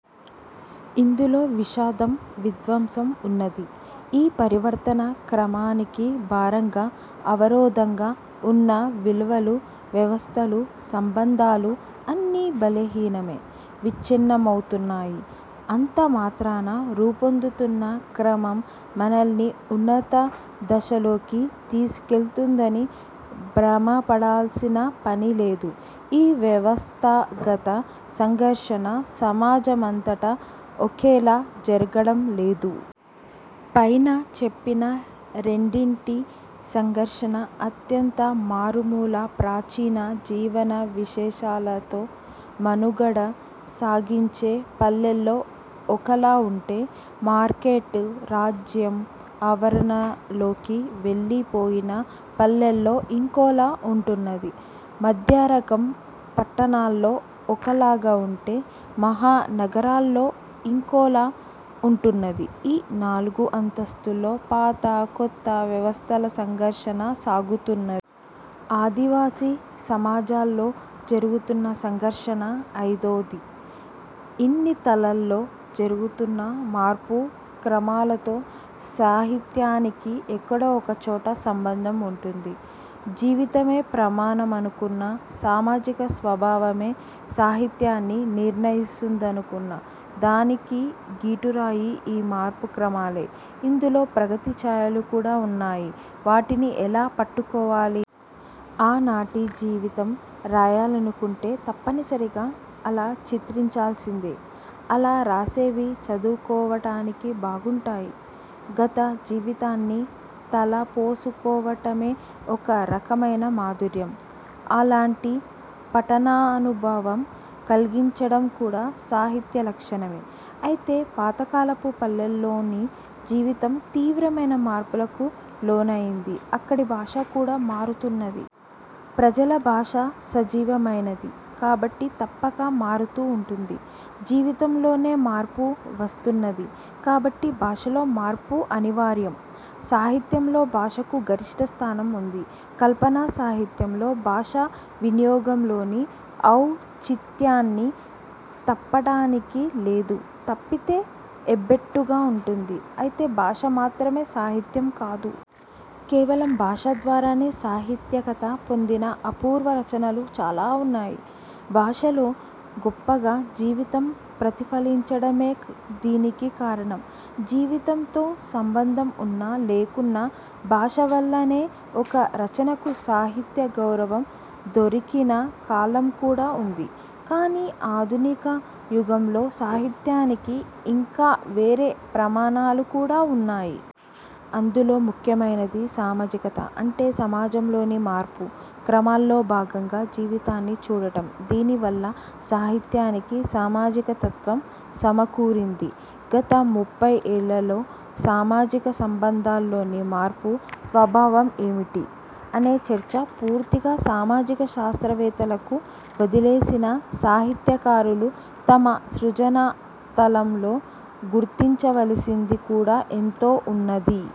ఇందులో విషాదం, విధ్వంసం ఉన్నది. ఈ పరివర్తనా క్రమానికి భారంగా, అవరోధంగా ఉన్న విలువలు, వ్యవస్థలు, సంబంధాలు అన్నీ బలహీనమే, విచ్ఛిన్నమవుతున్నాయి. అంతమాత్రాన రూపొందుతున్న క్రమం మనల్ని ఉన్నత దశలోకి తీసికెళ్తుందని భ్రమపడాల్సిన పని లేదు. ఈ వ్యవస్థాగత సంఘర్షణ సమాజమంతటా ఒకేలా జరగడం లేదు. పైన చెప్పిన రెండింటి సాఘర్షణ అత్యంత మారుమూల, ప్రాచీన జీవన విశేషాలతో మనుగడ సాగించే పల్లెల్లో ఒకలా ఉంటే, మార్కెట్, రాజ్యం ఆవరణలోకి వెళ్లిపోయిన పల్లెల్లో ఇంకోలా ఉంటున్నది. మధ్య రకం పట్టణాల్లో ఒకలాగా ఉంటే, మహా నగరాల్లో ఇంకోలా ఉంటున్నది. ఈ నాలుగు అంతస్థుల్లో పాత, కొత్త వ్యవస్థల సంఘర్షణ సాగుతున్నది. ఆదివాసీ సమాజాల్లో జరుగుతున్న సంఘర్షణ ఐదోది. ఇన్ని తలాల్లో జరుగుతున్న మార్పు క్రమాలతో సాహిత్యానికి ఎక్కడో ఒక చోట సంబంధం ఉంటుంది. జీవితమే ప్రమాణమనుకున్నా, సామాజిక స్వభావమే సాహిత్యాన్ని నిర్ణయిస్తుందనుకున్నా, దానికి గీటురాయి ఈ మార్పు క్రమాలే. ఇందులో ప్రగతి ఛాయలు కూడా ఉంటాయి. వాటిని ఎలా పట్టుకోవాలి? అనాటి జీవితం రాయాలనుకుంటే తప్పనిసరిగా అలా చిత్రించాల్సిందే. అలా రాసేవి చదువుకోడానికి బాగుంటాయి. గతజీవితాన్ని తలపోసుకోవడమే ఒక రకమైన మాధుర్యం. అలాంటి పఠనానుభవం కల్గించడం కూడా సాహిత్య లక్షణమే. అయితే పాత కాలపు పల్లెల్లోని జీవితం తీవ్రమైన మార్పులకు లోనైంది. అక్కడి భాష కూడా మారుతున్నది. ప్రజల భాష సజీవమైనది కాబట్టి తప్పక మారుతూ ఉంటుంది. జీవితంలోనే మార్పు వస్తున్నది కాబట్టి భాషలో మార్పు అనివార్యం. సాహిత్యంలో భాషకు గరిష్ఠ స్థానం ఉంది. కల్పనా సాహిత్యంలో భాషా వినియోగంలోని ఔచిత్యాన్ని తప్పడానికి లేదు. తప్పితే ఎబ్బెట్టుగా ఉంటుంది. అయితే భాష మాత్రమే సాహిత్యం కాదు. కేవలం భాష ద్వారానే సాహిత్యకత పొందిన అపూర్వ రచనలు చాలా ఉన్నాయి. భాషలో గొప్పగా జీవితం ప్రతిఫలించడమే దీనికి కారణం. జీవితంతో సంబంధం ఉన్నా లేకున్నా భాష వల్లనే ఒక రచనకు సాహిత్య గౌరవం దొరికిన కాలం కూడా ఉంది. కానీ ఆధునిక యుగంలో సాహిత్యానికి ఇంకా వేరే ప్రమాణాలు కూడా ఉన్నాయి. అందులో ముఖ్యమైనది సామాజికత. అంటే సమాజంలోని మార్పు క్రమాల్లో భాగంగా జీవితాన్ని చూడటం. దీని వల్ల సాహిత్యానికి సామాజికతత్వం సమకూరింది. గత ముప్పై ఏళ్లలో సామాజిక సంబంధాల్లోని మార్పు స్వభావం ఏమిటి? అనే చర్చ పూర్తిగా సామాజిక శాస్త్రవేత్తలకు వదిలేసినా సాహిత్యకారులు తమ సృజన తలంలో గుర్తించవలసింది కూడా ఎంతో ఉన్నది.